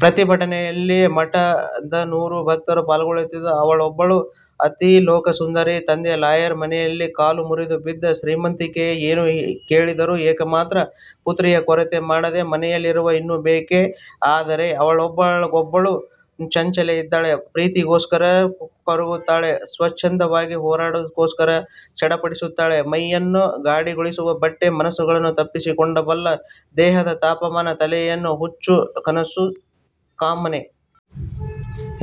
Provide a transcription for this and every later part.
ಪ್ರತಿಭಟನೆಯಲ್ಲಿ ಮಠದನೂರಾರು ಭಕ್ತರು ಪಾಲ್ಗೊಂಡಿದ್ದರು. ಅವಳೊಬ್ಬಳು ಅತಿಲೋಕಸುಂದರಿ. ತಂದೆ ಲಾಯರ್, ಮನೆಯಲ್ಲಿ ಕಾಲು ಮುರಿದು ಬಿದ್ದ ಶ್ರೀಮಂತಿಕೆ, ಏನು ಕೇಳಿದರೂ ಏಕಮಾತ್ರ ಪುತ್ರಿಗೆ ಕೊರತೆ ಮಾಡದ ಮನೆಯವರು. ಇನ್ನೇನು ಬೇಕು? ಆದರೆ ಅವಳೊಳಗೊಬ್ಬಳು ಚಂಚಲೆ ಇದ್ದಾಳೆ, ಪ್ರೀತಿಗೋಸ್ಕರ ಕೊರಗುತ್ತಾಳೆ, ಸ್ವತ್ಛಂದವಾಗಿ ಹಾರಾಡುವುದಕ್ಕೋಸ್ಕರ ಫಡಫಡಿಸುತ್ತಾಳೆ. ಮೈಯನ್ನು ಗಾಳಿಗೊಡ್ಡಬಲ್ಲ ಬಟ್ಟೆ, ಮನಸನ್ನು ತಂಪಿಗೊಡ್ಡಬಲ್ಲ ದೇಹದ ತಾಪಮಾನ, ತಲೆಯಲ್ಲು ಹುಚ್ಚು ಕನಸು ಕಾಮನೆ.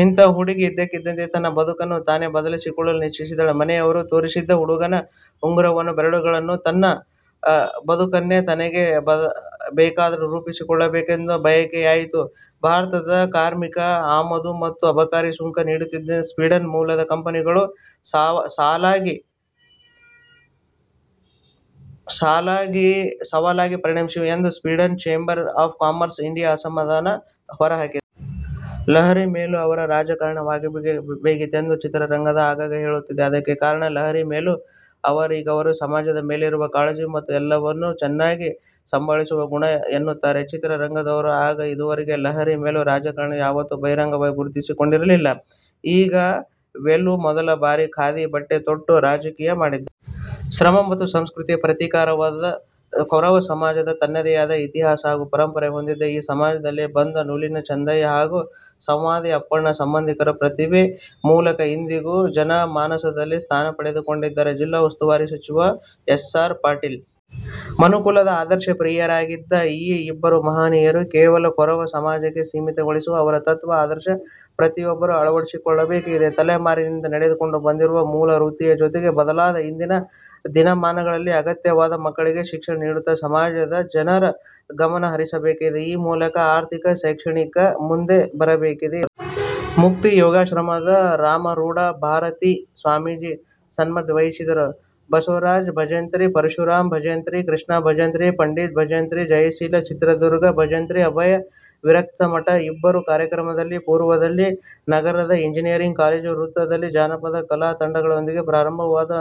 ಇಂಥ ಹುಡುಗಿ ಇದ್ದಕ್ಕಿದ್ದಂತೇ ತನ್ನ ಬದುಕನ್ನು ತಾನೇ ಬರೆದುಕೊಳ್ಳಲು ನಿಶ್ಚಯಿಸಿದಳು. ಮನೆಯವರು ತೋರಿಸಿದ್ದ ಹುಡುಗನ ಉಂಗುರಕ್ಕೆ ಬೆರಳೊಡ್ಡಿದ ಮೇಲೆ ತನ್ನ ಬದುಕನ್ನು ತನಗೆ ಬೇಕಾದಂತೆ ರೂಪಿಸಿಕೊಳ್ಳಬೇಕೆಂದು ಬಯಕೆಯಾಯ್ತು. ಭಾರತದ ಕಾರ್ಮಿಕ ಆಮದು ಮತ್ತು ಅಬಕಾರಿ ಸುಂಕ ನೀತಿಗಳು ಸ್ವೀಡನ್ ಮೂಲದ ಕಂಪನಿಗಳಿಗೆ ಸವಾಲಾಗಿ ಪರಿಣಮಿಸಿವೆ ಎಂದು Swedish chamber of commerce India ಅಸಮಾಧಾನ ಹೊರಹಾಕಿದೆ. ಲಹರಿ ವೇಲು ಅವರು ರಾಜಕಾರಣಿಯಾಗಬೇಕಿತ್ತು ಎಂದು ಚಿತ್ರರಂಗದವರು ಆಗಾಗ ಹೇಳುವುದಿದೆ. ಅದಕ್ಕೆ ಕಾರಣ ಲಹರಿ ವೇಲು ಅವರಿಗಿರುವ ಸಮಾಜದ ಮೇಲಿರುವ ಕಾಳಜಿ ಮತ್ತು ಎಲ್ಲರನ್ನೂ ಚೆನ್ನಾಗಿ ಸಂಭಾಳಿಸುವ ಗುಣ ಎನ್ನುತ್ತಾರೆ ಚಿತ್ರರಂಗದವರು. ಆದರೆ, ಇದುವರೆಗೂ ಲಹರಿ ವೇಲು ರಾಜಕಾರಣದಲ್ಲಿ ಯಾವತ್ತೂ ಬಹಿರಂಗವಾಗಿ ಗುರುತಿಸಿಕೊಂಡಿರಲಿಲ್ಲ. ಈಗ ವೇಲು ಮೊದಲ ಬಾರಿಗೆಖಾದಿ ಬಟ್ಟೆ ತೊಟ್ಟು, ರಾಜಕೀಯ ಮಾಡಿದ್ದಾರೆ. ಶ್ರಮ ಮತ್ತು ಸಂಸ್ಕೃತಿಯ ಪ್ರತೀಕವಾದ ಕೊರವ ಸಮಾಜ ತನ್ನದೆಯಾದ ಇತಿಹಾಸ ಹಾಗೂ ಪರಂಪರೆ ಹೊಂದಿದೆ. ಈ ಸಮಾಜದಿಂದ ಬಂದ ನುಲಿಯ ಚಂದಯ್ಯ ಹಾಗೂ ಸನಾದಿ ಅಪ್ಪಣ್ಣ ತಮ್ಮಲ್ಲಿರುವ ಪ್ರತಿಭೆ ಮೂಲಕ ಇಂದಿಗೂ ಜನಮಾನಸದಲ್ಲಿ ಸ್ಥಾನ ಪಡೆದಿದ್ದಾರೆಂದು ಜಿಲ್ಲಾ ಉಸ್ತುವಾರಿ ಸಚಿವ ಎಸ್. ಆರ್. ಪಾಟೀಲ ಹೇಳಿದರು. ಮನುಕುಲಕ್ಕೆ ಆದರ್ಶ ಪ್ರಿಯರಾಗಿದ್ದ ಈ ಇಬ್ಬರು ಮಹನಿಯರನ್ನು ಕೇವಲ ಕೊರವ ಸಮಾಜಕ್ಕೆ ಸೀಮಿತಗೊಳಿಸದೆ ಅವರ ತತ್ವ ಆದರ್ಶಗಳನ್ನು ಪ್ರತಿಯೊಬ್ಬರೂ ಅಳವಡಿಸಿಕೊಳ್ಳಬೇಕೆಂದರು. ತಲೆಮಾರಿನಿಂದ ನಡೆಸಿಕೊಂಡು ಬಂದಿರುವ ಮೂಲ ವೃತ್ತಿಯ ಜೊತೆಗೆ ಬದಲಾದ ಇಂದಿನ ದಿನಮಾನಗಳಿಗೆ ಅಗತ್ಯವಾಗಿ ಮಕ್ಕಳಿಗೆ ಶಿಕ್ಷಣ ನೀಡುವತ್ತ ಸಮಾಜದ ಜನರು ಗಮನ ಹರಿಸಬೇಕಿದೆ. ಈ ಮೂಲಕ ಆರ್ಥಿಕ ಮತ್ತು ಶೈಕ್ಷಣಿಕವಾಗಿ ಮುಂದೆ ಬರಬೇಕೆಂದು ಹೇಳಿದರು. ಮುಕ್ತಿ ಯೋಗಾಶ್ರಮದ ರಾಮರೂಢ ಭಾರತಿ ಸ್ವಾಮೀಜಿ ಸಾನ್ನಿಧ್ಯ ವಹಿಸಿದ್ದರು. ಬಸವರಾಜ ಭಜಂತ್ರಿ, ಪರಶುರಾಮ ಭಜಂತ್ರಿ, ಕೃಷ್ಣಾ ಭಂಜತ್ರಿ, ಪಂಡಿತ ಭಜಂತ್ರಿ, ಜಯಶೀಲಾ ಚಿತ್ರದುರ್ಗ, ಭಜಂತ್ರಿ, ಅಭಯ ವಿರಕ್ಷಮಠ ಇದ್ದರು. ಕಾರ್ಯಕ್ರಮ ಪೂರ್ವದಲ್ಲಿ ನಗರದ ಎಂಜನಿಯರಿಂಗ್ ಕಾಲೇಜ್ ವೃತ್ತದಿಂದ ಜಾನಪದ ಕಲಾ ತಂಡಗಳೊಂದಿಗೆ ಪ್ರಾರಂಭವಾದ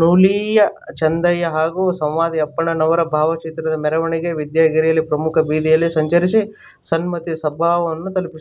ನುಲಿಯ ಚಂದಯ್ಯ ಹಾಗೂ ಸನಾದಿ ಅಪ್ಪಣ್ಣ ಅವರ ಭಾವಚಿತ್ರದ ಮೆರವಣಿಗೆ ವಿದ್ಯಾಗಿರಿಯ ಪ್ರಮುಖ ಬೀದಿಗಳಲ್ಲಿ ಸಂಚರಿಸಿ ಸನ್ಮತಿ ಸಭಾಭವನ ತಲುಪಿತು.